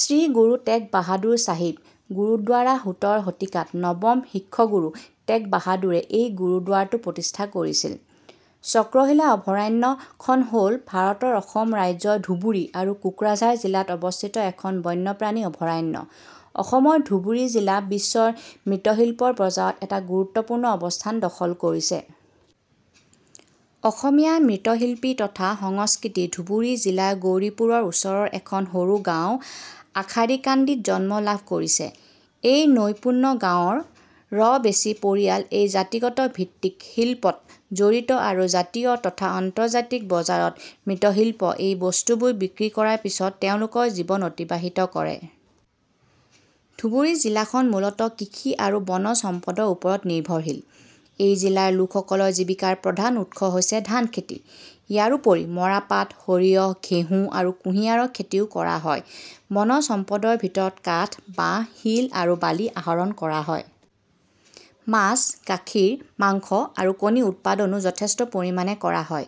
শ্ৰী গুৰু টেগ বাহাদুৰ চাহিব গুৰুদ্বাৰা সোতৰ শতিকাত নৱম শিখগুৰু টেগবাহাদুৰে এই গুৰুদ্বাৰটো প্ৰতিষ্ঠা কৰিছিল। চক্ৰশিলা অভয়াৰণ্য খন হ'ল ভাৰতৰ অসম ৰাজ্যৰ ধুবুৰী আৰু কোকৰাঝাৰ জিলাত অৱস্থিত এখন বন্যপ্ৰাণী অভয়াৰণ্য। অসমৰ ধুবুৰী জিলা বিশ্বৰ মৃৎশিল্পৰ বজাৰত এটা গুৰুত্বপূৰ্ণ অৱস্থান দখল কৰিছে। অসমীয়া মৃৎশিল্প তথা সংস্কৃতি ধুবুৰী জিলাৰ গৌৰীপুৰৰ ওচৰৰ এখন সৰু গাওঁ আশাৰীকান্দি ত জন্ম লাভ কৰিছে। এই নৈপুণ্য গাঁৱৰ -ৰ বেছি পৰিয়াল এই জাতিগত ভিত্তিক শিল্প -ত জড়িত আৰু জাতীয় তথা আন্তৰ্জাতিক বজাৰত মৃৎশিল্প এই বস্তুবোৰ বিক্ৰী কৰাৰ পিছত তেওঁলকৰ জীৱন অতিবাহিত কৰে। ধুবুৰী জিলাখন মূলতঃ কৃষি আৰু বনজ সম্পদৰ ওপৰত নিৰ্ভৰশীল। এই জিলাৰ লোকসকলৰ জীৱিকাৰ প্ৰধান উৎস হৈছে ধানখেতি। ইয়াৰোপৰি মৰাপাট, সৰিয়হ, ঘেঁহু আৰু কুহিয়াৰৰ খেতিও কৰা হয়। বনজ সম্পদৰ ভিতৰত কাঠ, বাঁহ, শিল আৰু বালি আহৰণ কৰা হয়। মাছ, গাখীৰ, মাংস আৰু কণী উৎপাদনো যথেষ্ট পৰিমাণে কৰা হয়।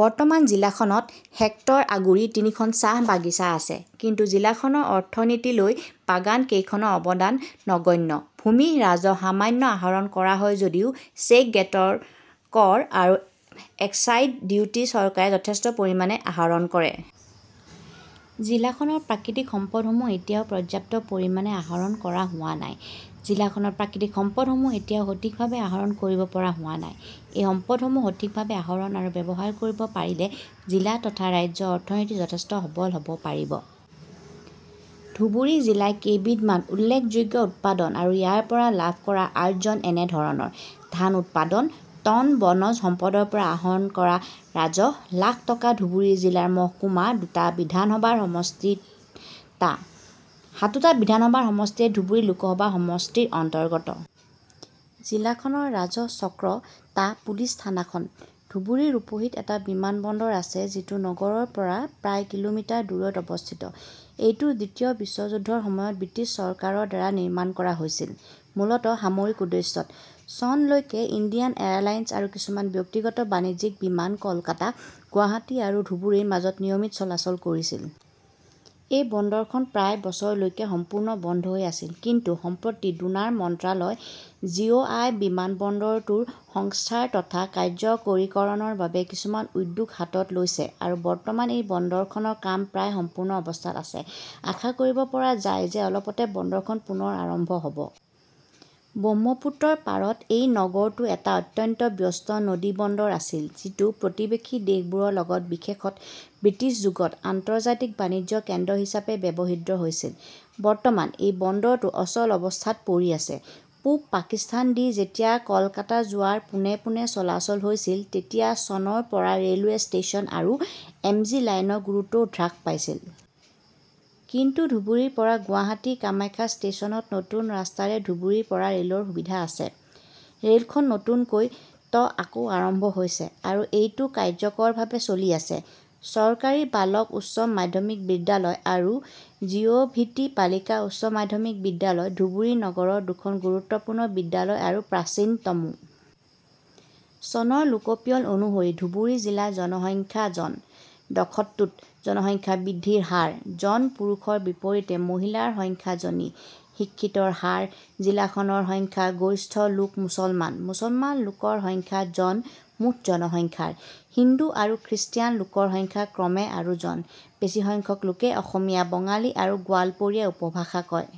বৰ্তমান জিলাখনত. হেক্টৰ আগুৰি তিনিখন চাহ বাগিছা আছে, কিন্তু জিলাখনৰ অৰ্থনীতি লৈ বাগান কেইখনৰ অৱদান নগণ্য। ভূমি ৰাজহ সামান্য আহৰণ কৰা হয় যদিও চেক গেটৰ কৰ আৰু এক্সাইজ ডিউটি চৰকাৰে যথেষ্ট পৰিমাণে আহৰণ কৰে। জিলাখনৰ প্ৰাকৃতিক সম্পদ সমূহ এতিয়াও পৰ্যাপ্ত পৰিমাণে আহৰণ কৰা হোৱা নাই। জিলাখনৰ প্ৰাকৃতিক সম্পদ সমূহ এতিয়াও সঠিকভাৱে আহৰণ কৰিব পৰা হোৱা নাই, এই সম্পদসমূহ সঠিকভাৱে আহৰণ আৰু ব্যৱহাৰ কৰিব পাৰিলে জিলা তথা ৰাজ্যৰ অৰ্থনীতি যথেষ্ট সবল হৈ পৰিব। ধুবুৰী জিলাৰ কেইবিধমান উল্লেখযোগ্য উৎপাদন আৰু ইয়াৰ পৰা লাভ কৰা আৰ্জন এনে ধৰণৰ- ধান উৎপাদন: টন বনজ সম্পদৰ পৰা আহৰণ কৰা ৰাজহ: লাখ টকা ধুবুৰী জিলাৰ মহকুমা দুটা বিধানসভাৰ সমষ্টি টা। সাতোটা বিধানসভাৰ সমষ্টিয়ে ধুবুৰী লোকসভা সমষ্টিৰ অন্তৰ্গত। জিলাখনৰ ৰাজহ চক্ৰ টা, পুলিচ থানা খন। ধুবুৰীৰ ৰূপসীত এটা বিমানবন্দৰ আছে যিটো নগৰৰ পৰা প্ৰায় কিলোমিটাৰ দূৰৈত অৱস্থিত। এইটো দ্বিতীয় বিশ্বযুদ্ধৰ সময়ত ব্ৰিটিছ চৰকাৰৰ দ্বাৰা নিৰ্মাণ কৰা হৈছিল। মূলত সামৰিক উদ্দেশ্যত। চন লৈকে, ইণ্ডিয়ান এয়াৰলাইনচ আৰু কিছুমান ব্যক্তিগত বাণিজ্যিক বিমান কলকাতা, গুৱাহাটী আৰু ধুবুৰী ৰ মাজত নিয়মিত চলাচল কৰিছিল। এই বন্দৰখন প্ৰায় বছৰ লৈকে সম্পূৰ্ণ বন্ধ হৈ আছিল। কিন্তু, সম্প্ৰতি ডোনাৰ মন্ত্ৰণালয়, জিঅআই, বিমানবন্দৰটোৰ সংস্কাৰ তথা কাৰ্যকৰীকৰণৰ বাবে কিছুমান উদ্যোগ হাতত লৈছে আৰু বৰ্তমান এই বন্দৰখনৰ কাম প্ৰায় সম্পূৰ্ণ অৱস্থাত আছে। আশা কৰিব পৰা যায় যে, অলপতে বন্দৰখন পুনৰ আৰম্ভ হ'ব। ব্ৰহ্মপুত্ৰ ৰ পাৰত এই নগৰটো এটা অত্যন্ত ব্যস্ত নদীবন্দৰ আছিল যিটো প্ৰতিবেশী দেশবোৰৰ লগত বিশেষত ব্ৰিটিছ যুগত আন্তৰ্জাতিক বাণিজ্য কেন্দ্ৰ হিচাপে ব্যৱহৃত হৈছিল। বৰ্তমান, এই বন্দৰটো অচল অৱস্থাত পৰি আছে। পূব পাকিস্তান দি যেতিয়া কলকাতা যোৱাৰ পোন পোনে চলাচল হৈছিল তেতিয়া চনৰ পৰা ৰে'লৱে ষ্টেচন আৰু এমজি লাইনৰ গুৰুত্বও হ্ৰাস পাইছিল। কিন্তু ধুবুৰীৰ পৰা গুৱাহাটী কামাখ্যা ষ্টেচনত নতুন ৰাস্তাৰে ধুবুৰীৰ পৰা ৰে'লৰ সুবিধা আছে। ৰে'লখন নতুনকৈ -ত আকৌ আৰম্ভ হৈছে, আৰু এইটো কাৰ্যকৰভাবে চলি আছে। চৰকাৰী বালক উচ্চ মাধ্যমিক বিদ্যালয় আৰু জিঅভিটি বালিকা উচ্চ মাধ্যমিক বিদ্যালয় ধুবুৰী নগৰৰ দুখন গুৰুত্বপূৰ্ণ বিদ্যালয় আৰু প্ৰাচীনতমও। চনৰ লোকপিয়ল অনুসৰি ধুবুৰী জিলাৰ জনসংখ্যা জন। দশকটোত জনসংখ্যা বৃদ্ধিৰ হাৰ। জন পুৰুষৰ বিপৰীতে মহিলাৰ সংখ্যা জনী। শিক্ষিতৰ হাৰ জিলাখনৰ সংখ্যা গৰিষ্ঠ লোক মুছলমান। মুছলমান লোকৰ সংখ্যা জন- মুঠ জনসংখ্যাৰ। হিন্দু আৰু খ্ৰীষ্টিয়ান লোকৰ সংখ্যা ক্ৰমে আৰু জন। বেছি সংখ্যক লোকে অসমীয়া 'বঙালী আৰু গোৱালপৰীয়া উপভাষা কয়।